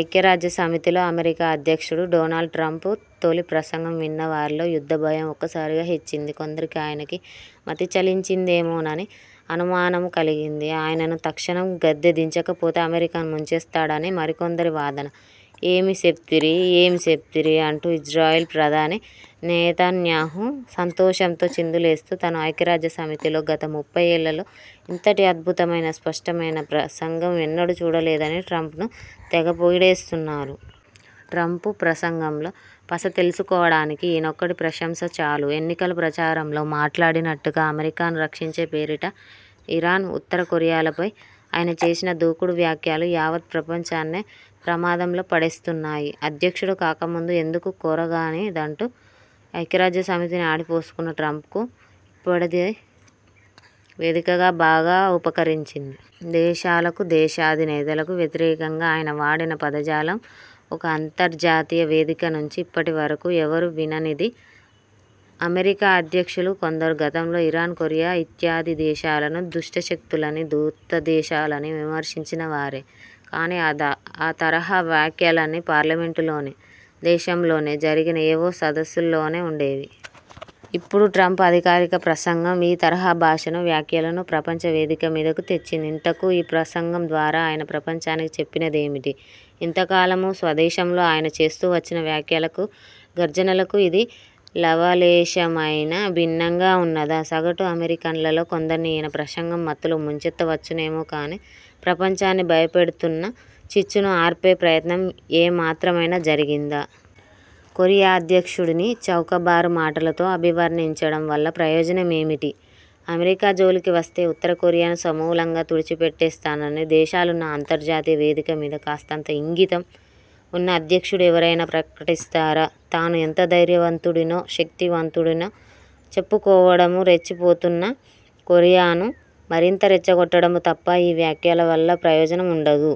ఐక్యరాజ్య సమితిలో అమెరికా అధ్యక్షుడు డొనాల్డ్ ట్రంప్ తొలి ప్రసంగం విన్నవారిలో యుద్ధభయం ఒక్కసారిగా హెచ్చింది. కొందరికి ఆయనకు మతిచలించిందేమోనని అనుమానమూ కలిగింది. ఆయనను తక్షణం గద్దె దించకపోతే అమెరికాను ముంచేస్తాడని మరికొందరి వాదన. ఏమి సెప్తిరి, ఏమి సెప్తిరి అంటూ ఇజ్రాయెల్ ప్రధాని నెతన్యాహూ సంతోషంతో చిందులేస్తూ తాను ఐక్యరాజ్యసమితిలో గత ముప్పయ్యేళ్ళలో ఇంతటి అద్భుతమైన, స్పష్టమైన ప్రసంగం ఎన్నడూ చూడలేదని ట్రంప్ను తెగపొగిడేస్తున్నారు. ట్రంప్ ప్రసంగంలో పస తెలుసుకోవడానికి ఈయనొక్కడి ప్రశంస చాలు. ఎన్నికల ప్రచారంలో మాట్లాడినట్టుగా, అమెరికాను రక్షించే పేరిట ఇరాన్, ఉత్తరకొరియాలపై ఆయన చేసిన దూకుడు వ్యాఖ్యలు యావత్ ప్రపంచాన్నే ప్రమాదంలో పడేస్తున్నాయి. అధ్యక్షుడు కాకముందు ఎందుకూ కొరగానిదంటూ ఐక్యరాజ్యసమితిని ఆడిపోసుకున్న ట్రంప్కు ఇప్పుడది వేదికగా బాగా ఉపకరించింది. దేశాలకు, దేశాధినేతలకు వ్యతిరేకంగా ఆయన వాడిన పదజాలం ఒక అంతర్జాతీయ వేదికనుంచి ఇప్పటివరకూ ఎవరూ విననిది. అమెరికా అధ్యక్షులు కొందరు గతంలో ఇరాన్, కొరియా ఇత్యాది దేశాలను దుష్టశక్తులనీ, ధూర్తదేశాలనీ విమర్శించినవారే. కానీ, ఆ తరహా వ్యాఖ్యలన్నీ పార్లమెంటులోనో, దేశంలోనే జరిగిన ఏవో సదస్సుల్లోనో ఉండేవి. ఇప్పుడు ట్రంప్ అధికారిక ప్రసంగం ఈ తరహా భాషనూ, వ్యాఖ్యలను ప్రపంచవేదికమీదకు తెచ్చింది. ఇంతకూ ఈ ప్రసంగం ద్వారా ఆయన ప్రపంచానికి చెప్పినదేమిటి? ఇంతకాలమూ స్వదేశంలో ఆయన చేస్తూవచ్చిన వ్యాఖ్యలకు, గర్జనలకు ఇది లవలేశమైనా భిన్నంగా ఉన్నదా? సగటు అమెరికన్లలో కొందరిని ఈయన ప్రసంగం మత్తులో ముంచెత్తవచ్చునేమో కానీ, ప్రపంచాన్ని భయపెడుతున్న చిచ్చును ఆర్పే ప్రయత్నం ఏమాత్రమైనా జరిగిందా? కొరియా అధ్యక్షుడిని చౌకబారు మాటలతో అభివర్ణించడం వల్ల ప్రయోజనం ఏమిటి? అమెరికా జోలికి వస్తే ఉత్తరకొరియాను సమూలంగా తుడిచిపెట్టేస్తానని దేశాలున్న అంతర్జాతీయ వేదికమీద కాస్తంత ఇంగితం ఉన్న అధ్యక్షుడు ఎవరైనా ప్రకటిస్తారా? తాను ఎంత ధైర్యవంతుడినో, శక్తిమంతుడినో చెప్పుకోవడమూ, రెచ్చిపోతున్న కొరియాను మరింత రెచ్చగొట్టడమూ తప్ప ఈ వ్యాఖ్యలవల్ల ప్రయోజనం ఉండదు.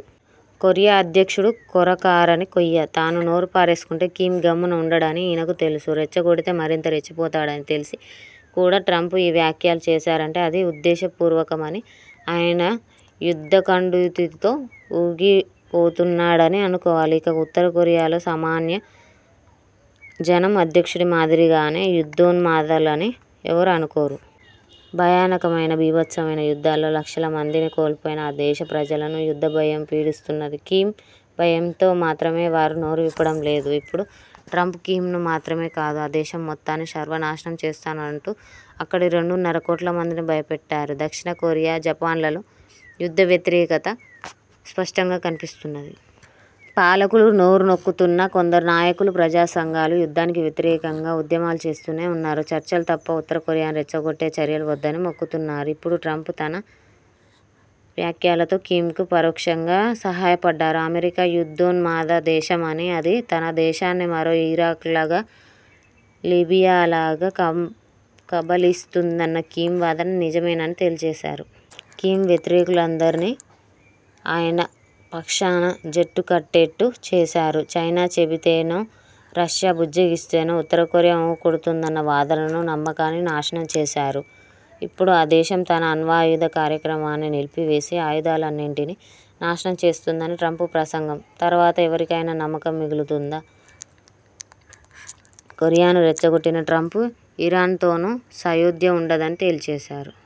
కొరియా అధ్యక్షుడు కొరకరాని కొయ్య. తాను నోరుపారేసుకుంటే కిమ్ గమ్మున ఉండడని ఈయనకూ తెలుసు. రెచ్చగొడితే మరింత రెచ్చిపోతాడని తెలిసి కూడా ట్రంప్ ఈ వ్యాఖ్యలు చేశారంటే అది ఉద్దేశపూర్వకమనీ, ఆయన యుద్ధకండూతితో ఊగిపోతున్నాడనీ అనుకోవాలి. ఇక, ఉత్తరకొరియాలో సామాన్య జనం అధ్యక్షుడి మాదిరిగానే యుద్ధోన్మాదులని ఎవరూ అనుకోరు. భయానకమైన బీభత్సమైన యుద్ధాల్లో లక్షలమందిని కోల్పోయిన ఆ దేశ ప్రజలను యుద్ధభయం పీడిస్తున్నది. కిమ్ భయంతో మాత్రమే వారు నోరువిప్పడం లేదు. ఇప్పుడు ట్రంప్ కిమ్ను మాత్రమే కాదు, ఆ దేశం మొత్తాన్ని సర్వనాశనం చేస్తానంటూ అక్కడి రెండున్నరకోట్లమందినీ భయపెట్టారు. దక్షిణకొరియా, జపాన్లలో యుద్ధవ్యతిరేకత స్పష్టంగా కనిపిస్తున్నది. పాలకులు నోరునొక్కుతున్నా, కొందరు నాయకులు, ప్రజాసంఘాలు యుద్ధానికి వ్యతిరేకంగా ఉద్యమాలు చేస్తూనే ఉన్నారు. చర్చలు తప్ప ఉత్తరకొరియాను రెచ్చగొట్టే చర్యలు వద్దని మొక్కుతున్నారు. ఇప్పుడు ట్రంప్ తన వ్యాఖ్యలతో కిమ్కు పరోక్షంగా సహాయపడ్డారు. అమెరికా యుద్ధోన్మాదదేశమనీ, అది తన దేశాన్ని మరో ఇరాక్లాగా, లిబియాలాగా కబళిస్తుందన్న కిమ్ వాదన నిజమేనని తేల్చేశారు. కిమ్ వ్యతిరేకులందరినీ ఆయన పక్షాన జట్టుకట్టేట్టు చేశారు. చైనా చెబితేనో, రష్యా బుజ్జగిస్తేనో ఉత్తరకొరియా ఊ కొడుతుందన్న వాదననూ, నమ్మకాన్ని నాశనం చేశారు. ఇప్పుడు ఆ దేశం తన అణ్వాయుధ కార్యక్రమాన్ని నిలిపివేసి, ఆయుధాలన్నింటినీ నాశనం చేస్తుందని ట్రంప్ ప్రసంగం తరువాత ఎవరికైనా నమ్మకం మిగులుతుందా? కొరియాను రెచ్చగొట్టిన ట్రంప్, ఇరాన్తోనూ సయోధ్య ఉండదని తేల్చేశారు.